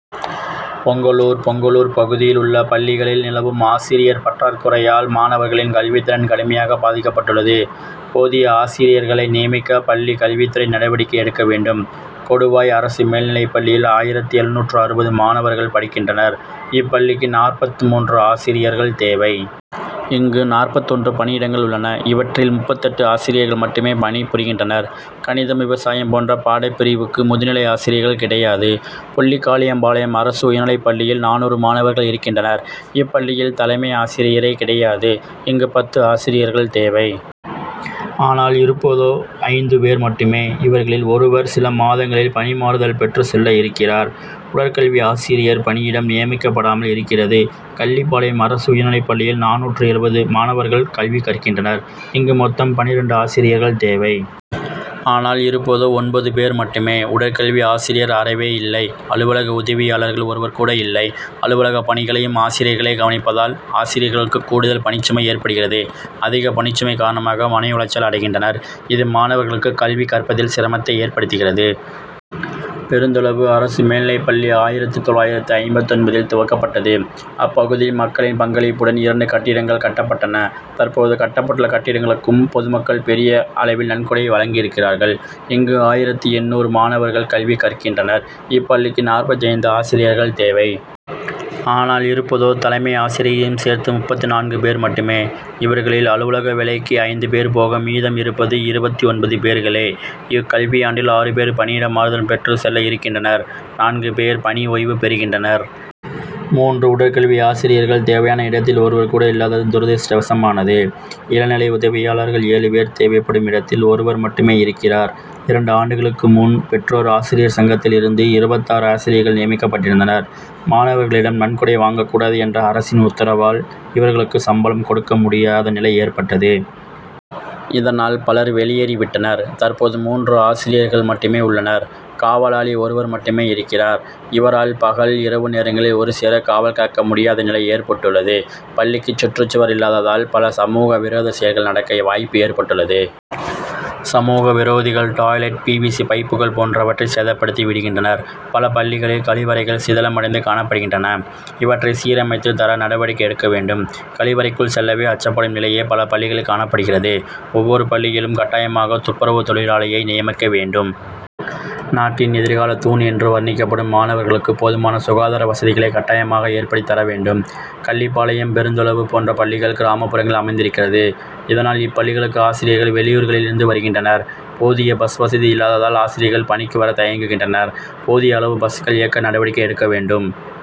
பொங்கலூர் பொங்கலூர் பகுதியில் உள்ள பள்ளிகளில் நிலவும் ஆசிரியர் பற்றாக்குறையால், மாணவர் களின் கல்வி திறன் கடுமையாக பாதிக்கப்பட்டுள்ளது. போதிய ஆசிரியர்களை நியமிக்க, பள்ளி கல்வித்துறை நடவடிக்கை எடுக்க வேண்டும். கொடுவாய் அரசு மேல்நிலைப் பள்ளியில் ஆயிரத்து எழுநூற்று அறுபது மாணவர்கள் படிக்கின்றனர். இப்பள்ளிக்கு நாற்பத்து மூன்று ஆசிரியர்கள் தேவை. இங்கு நாற்பத்து ஒன்று பணியிடங்கள் உள்ளன. இவற்றில் முப்பத்து எட்டு ஆசிரியர்கள் மட்டுமே பணி புரிகின்றனர். கணிதம், விவசாயம் போன்ற பாடப்பிரிவுக்கு முதுநிலை ஆசிரியர்கள் கிடையாது. பொல்லிக்காளிபாளையம் அரசு உயர்நிலைப்பள்ளியில் நானூறு மாணவர்கள் இருக்கின்றனர். இப் பள்ளியில் தலைமை ஆசிரியரே கிடையாது. இங்கு பத்து ஆசிரியர்கள் தேவை. ஆனால் இருப்பதோ ஐந்து பேர் மட்டுமே. இவர்களில் ஒருவர், சில மாதங்களில் பணி மாறுதல் பெற்று செல்ல இருக்கிறார். உடற்கல்வி ஆசிரியர் பணியிடம் நியமிக்கப்படாமல் இருக்கிறது. கள்ளிப்பாளையம் அரசு உயர் நிலைப்பள்ளியில் நானூற்று எழுபது மாணவர்கள் கல்வி கற்கின்றனர். இங்கு மொத்தம் பன்னிரண்டு ஆசிரியர்கள் தேவை. ஆனால் இருப்பதோ ஒன்பது பேர் மட்டுமே. உடற்கல்வி ஆசிரியர் அறவே இல்லை. அலுவலக உதவி யாளர்கள் ஒருவர் கூட இல்லை. அலுவலக பணிகளையும் ஆசிரியர் களே கவனிப்பதால், ஆசிரியர் களுக்கு கூடுதல் பணிச்சுமை ஏற்படுகிறது. அதிக பணிச்சுமை காரணமாக மன உளைச்சல் அடை கின்றனர். இது, மாணவர்களுக்கு கல்வி கற்பிப்பதில் சிரமத்தை ஏற்படுத்துகிறது. பெருந்தொழுவு அரசு மேல் நிலைப்பள்ளி ஆயிரத்து தொள்ளாயிரத்து ஐம்பத்தொன்பதில் துவக்கப் பட்டது. அப்பகுதி மக்களின் பங்களிப்புடன் இரண்டு கட்டடங் கள் கட்டப்பட்டன. தற்போது கட்டப்பட்டுள்ள கட்டடங்களுக் கும் பொதுமக்கள் பெரிய அளவில் நன்கொடை வழங்கியிருக்கிறார்கள். இங்கு ஆயிரத்து எண்ணூறு மாணவர்கள் கல்வி கற்கின்றனர். இப்பள்ளிக்கு நாற்பத்தைந்து ஆசிரியர்கள் தேவை. ஆனால் இருப்பதோ தலைமை ஆசிரியரை யும் சேர்த்து முப்பத்து நான்கு பேர் மட்டுமே. இவர்களில் அலுவலக வேலைக்கு ஐந்து பேர் போக, மீதம் இருப்பது இருபத்து ஒன்பது பேர்களே. இக்கல்வியாண்டில் ஆறு பேர் பணியிட மாறுதல் பெற்று செல்ல இருக்கின்றனர். நான்கு பேர் பணி ஓய்வு பெறுகின்றனர். மூன்று உடற்கல்வி ஆசிரியர்கள் தேவையான இடத்தில் ஒருவர் கூட இல்லாதது துரதிஷ்டவசமானது. இளநிலை உதவியாளர்கள் ஏழு பேர் தேவைப்படும் இடத்தில் ஒருவர் மட்டுமே இருக்கிறார். இரண்டு ஆண்டுகளுக்கு முன் பெற்றோர் ஆசிரியர் சங்கத்தில் இருந்து இருபத்தாறு ஆசிரியர்கள் நிய மிக்கப்பட்டிருந்தனர். மாணவர்களிடம் நன்கொடை வாங்கக் கூடாது என்ற அரசின் உத்தரவால், இவர்களுக்கு சம்பளம் கொடுக்க முடியாத நிலை ஏற்பட்டது. இத னால் பலர் வெளியேறி விட்டனர். தற்போது மூன்று ஆசிரியர்கள் மட்டுமே உள்ளனர். காவலாளி ஒருவர் மட்டுமே இருக்கிறார். இவரால் பகல், இரவு நேரங்களில் ஒரு சேர காவல் காக்க முடியாத நிலை ஏற்பட்டுள்ளது. பள்ளிக்கு சுற்றுச்சுவர் இல்லாத தால், பல சமூக விரோத செயல்கள் நடக்க வாய்ப்பு ஏற்பட்டுள்ளது. சமூக விரோதிகள், டாய்லெட்', பி. வி. சி., பைப்புகள் போன்ற வற்றை சேதப்படுத்தி விடுகின்றனர். பல பள்ளிகளில் கழிவறைகள் சிதிலமடைந்து காணப்படுகின்றன. இவற்றை சீரமைத்து தர நட வடிக்கை எடுக்க வேண்டும். கழி வறைக்குள் செல்லவே அச்சப் படும் நிலையே பல பள்ளிகளில் காணப்படுகிறது. ஒவ்வொரு பள்ளி யிலும் கட்டாயமாக துப்புரவு தொழிலாளியை நியமிக்க வேண்டும். நாட்டின் எதிர்காலத் தூண் என்று வர்ணிக்கப்படும் மாணவர்களுக்கு போதுமான சுகாதார வசதிகளை கட்டாயமாக ஏற்படுத்தி தர வேண்டும். கள்ளிப்பாளையம், பெருந் தொழுவு போன்ற பள்ளிகள் கிராமப்புறங்களில் அமைந்தி ருக்கிறது. இதனால், இப்பள்ளி களுக்கு ஆசிரியர்கள் வெளியூர் களில் இருந்து வருகின்றனர். போதிய பஸ் வசதி இல்லாததால், ஆசிரியர்கள் பணிக்கு வர தயங்குகின்றனர். போதிய அளவு பஸ்கள் இயக்க நடவடிக்கை எடுக்க வேண்டும்.